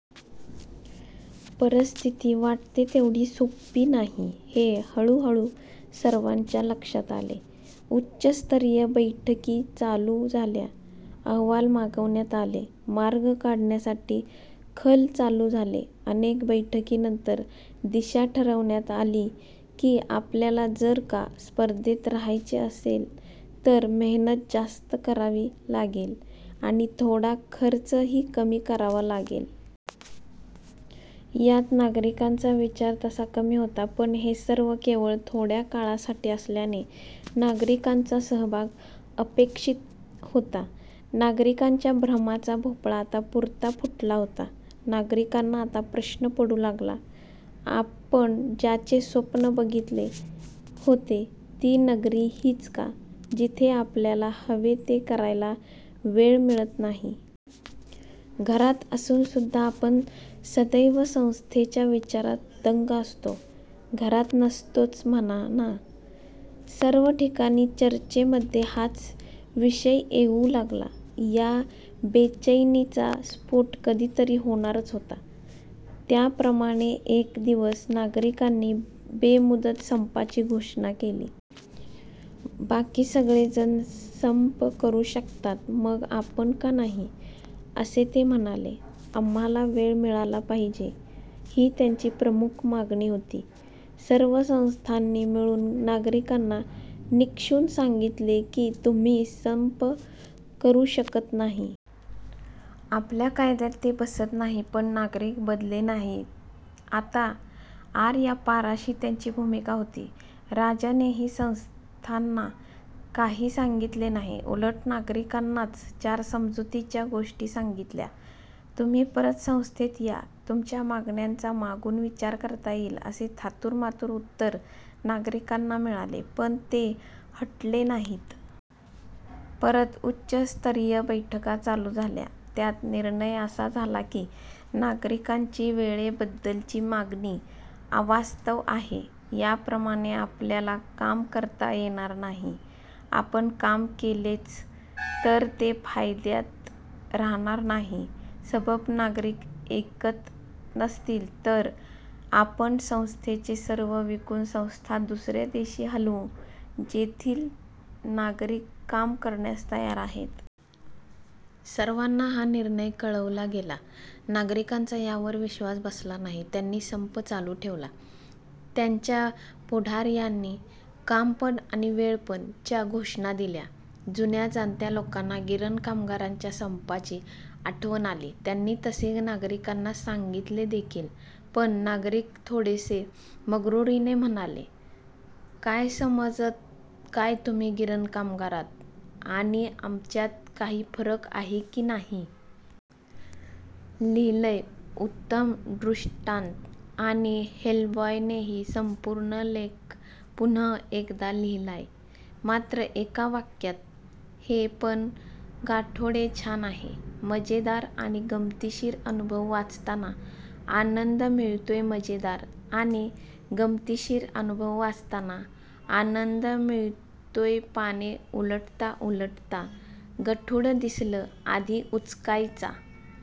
परिस्थिती वाटते तेवढी सोप्पी नाही हे हळू हळू सर्वांच्या लक्षात आले. उच्चस्तरीय बैठकी चालू झाल्या, अहवाल मागवण्यात आले, मार्ग काढण्यासाठी खल चालू झाले. अनेक बैठकीनंतर दिशा ठरवण्यात आली की आपल्याला जर का स्पर्धेत राहायचे असेल तर मेहनत जास्त करावी लागेल आणि थोडा खर्च ही कमी करावा लागेल. यात नागरिकांचा विचार तसा कमी होता पण हे सर्व केवळ थोड्या काळासाठी असल्याने नागरिकांचा सहभाग अपेक्षित होता. नागरिकांच्या भ्रमाचा भोपळा आता पुरता फुटला होता. नागरिकांना आता प्रश्न पडू लागला, आपण ज्याचे स्वप्न बघितले होते ती नगरी हीच का, जिथे आपल्याला हवे ते करायला वेळ मिळत नाही. घरात असून सुद्धा आपण सदैव संस्थेच्या विचारात दंग असतो, घरात नसतोच म्हणा ना? सर्व ठिकाणी चर्चांमध्ये हाच विषय येऊ लागला. या बेचैनिचा स्फोट कधीतरी होणारच होता. त्याप्रमाणे एक दिवस नागरिकांनी बेमुदत संपाची घोषणा केली. बाकी सगळे जण संप करू शकतात मग आपण का नाही असे ते म्हणाले. आम्हाला वेळ मिळाला पाहिजे ही त्यांची प्रमुख मागणी होती. सर्व संस्थांनी मिळून नागरिकांना निक्षून सांगितले की तुम्ही संप करू शकत नाही. आपल्या कायद्यात ते बसत नाही. पण नागरिक बधले नाही आता 'आर या पार' अशी त्यांची भूमिका होति. राजानेही संस्थाना काही सांगितले नाही, उलट नागरिकांनाच चार समजुतीच्या गोष्टी सांगितल्या. तुम्ही परत संस्थेत या, तुमच्या मागण्यांचा मागून विचार करता येईल असे थातूर मातुर उत्तर नागरिकांना मिळाले, पण ते हटले नाहीत. परत उच्चस्तरीय बैठका चालू झाल्या. त्यात निर्णय असा झाला की नागरिकांची वेळेबद्दलची मागणी अवास्तव आहे, याप्रमाणे आपल्याला काम करता येणार नाही. आपण काम केलेच तर ते फायद्यात रहाणार नाही, सबब नागरिक ऐकत नसतील तर आपण संस्थेचे सर्व विकून संस्था दुसऱ्या देशी हलवू, जेथील नागरिक काम करण्यास तयार आहेत. सर्वाना हा निर्णय कळवला गेला. नागरिकांचा यावर विश्वास बसला नाही, त्यांनी संप चालू ठेवला. त्यांच्या पुढार्यांनी 'काम पणआणि वेळ पण' च्या घोषणा दिल्या. जुन्या जाणत्या लोकांना गिरण कामगारांच्या संपाची आठवण आली. त्यांनी तसे नागरिकांना सांगितले देखील पण नागरिक थोडसे मग्रुरीने म्हणाले, " काय समजत काय तुम्ही गिरण कामगारात आणि आमच्यात काही फरक आहे की नाही? " लिहिलंय! उत्तम डृष्टांत. आणि हेलबॉयनेही संपूर्ण लेख पुन: एकदा लिहिलाय, मात्र एका वाक्यात. हे पण गाठोडे छान आहे.! मजेदार आणि गमतीशीर अनुभव वाचताना आनंद मिळतोयमजेदार आणि गमतीशीर अनुभव वाचताना आनंद मिळतोयपाने उलटता उलटता 'गठुडं' दिसलं. आधी उचकायचा